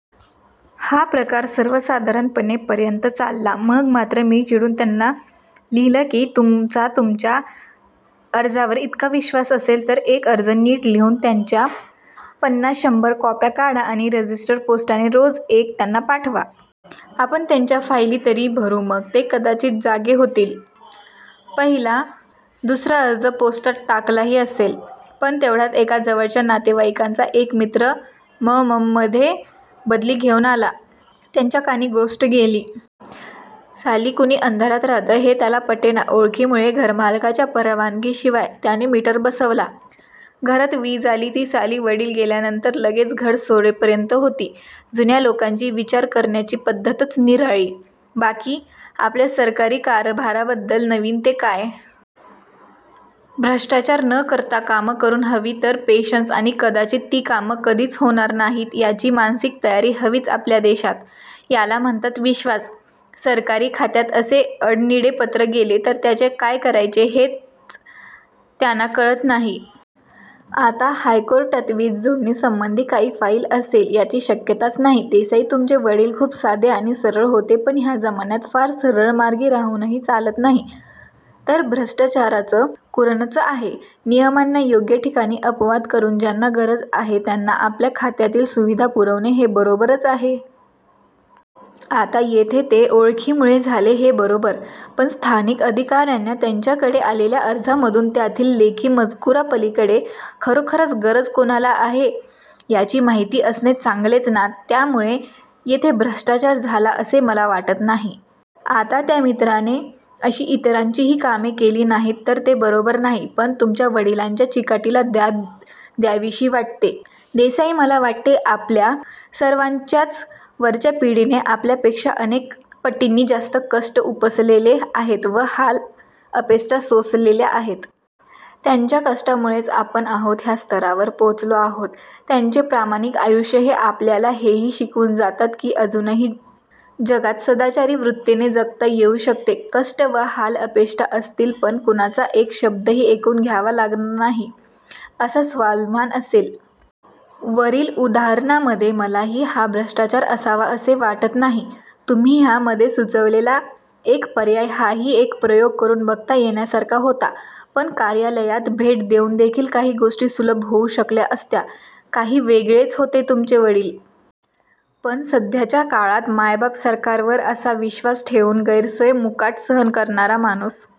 हा प्रकार सर्वसाधारणपणे पर्यंत चालला. मग मात्र मी चिडुन त्यांना लिहिलं की 'तुमचा तुमच्या अर्जावर इतका विश्वास असेल, तर एक अर्ज नीट लिहून, त्याच्या पन्नास/ शंभर कॉप्या काढा. आणि रजिस्टर पोस्टाने रोज एक त्यांना पाठवा. आपण त्यांच्या फाईली तरी भरू मग ते कदाचित जागे होतील. 'पहिला ुसरा अर्ज पोस्टात टाकलाही असेल. पण तेवढ्यात एका जवळच्या नातेवाईकाचा एक मित्र म. मं. मधे बदली घेऊन आला. त्याच्या कानी गोष्ट गेली. साली 'कुणी अंधारात रहातं,' हे त्याला पटेना. ओळखीमुळे 'घरमालकाच्या परवानगीशिवाय' त्याने मीटर बसवला. घरात वीज आली, ती साली वडिल गेल्यानंतर लगेच घर सोडेपर्यंत होती.. जुन्या लोकांची विचार करायची पद्ध्तच निराळी. बाकी आपल्या सरकारी कारभाराबद्दल, नवीन ते काय? भ्रष्टाचार न करता कामं करुन हवी तर पेशन्स आणि कदाचित ती कामं कधीच होणार नाहीत याची मानसिक तयारी हविच आपल्या देशात. याला म्हणतात विश्वास. सरकारी खात्यात असे अडनिडे पत्र गेले, तर त्याचे काय करायचे हेच त्याना कळत नाही. आता हायकोर्टात, वीज जोडणीसंबधी काही फाईल असेल, याची शक्यताच नाही. देसाई तुमचे वडील खुप साधे आणि सरळ होते पण ह्या जमान्यात फार सरळमार्गी राहुनही चालत नाही. तर भ्रष्टाचाराचं कुरणचं आहे. नियमांना योग्य ठिकाणी अपवाद करून ज्यांना गरज आहे त्यांना आपल्या खात्यातील सुविधा पुरवणे हे बरोबरच आहे. आता येथे ते ओळखीमुळे झाले हे बरोबर, पण स्थानिक अधिकार्यांना त्यांच्याकडे आलेल्या अर्जामधून त्यातील 'लेखी मजकुरापलिकडे' खरोखरच गरज कोणाला आहे याची माहिती असणे चांगलेच ना? त्यामुळे येथे भ्रष्टाचार झाला असे मला वाटत नाही. आता त्या मित्राने अशी इतरांचीही कामे केली नाहीत तर ते बरोबर नाही. पण तुमच्या वडिलांच्या चिकाटीला दाद द्यावीशी वाटते. देसाई, मला वाटते आपल्या सर्वान्च्याच वरच्या पिढीने आपल्यापेक्शा अनेक पटींनी जास्त कष्ट उपसलेले आहेत व हाल अपेष्टा सोसलेल्या आहेत. त्यांच्या कष्टांमुळेच आपण आहोत ह्या स्तरावर पोचलो आहोत. त्यांचे प्रामाणिक आयुष्य हे आपल्याला हेही शिकवून जातात की अजूनही जगात सदाचारी वृत्तीने जगता येऊ शकते. कष्ट व हाल अपेष्टा असतील पण कुणाचा एक शब्दही ऐकून घ्यावा लागणार नाही असा स्वाभिमान असेल. वरील उदाहरणामध्ये मलाही हा भ्रष्टाचार असावा असे वाटत नाही. तुम्ही ह्यामध्ये सुचवलेला एक पर्याय हाही एक प्रयोग करुन बघता येण्यासारखा होता. पण कार्यालयात भेट देउन देखील काही गोष्टी सुलभ होऊ शकल्या असत्या. काही वेगळेच होते तुमचे वडील! पण सध्याच्या काळात ''मायबाप सरकार''वर असा विश्वास ठेवून गैरसोय मुकाट सहन करणारा माणूस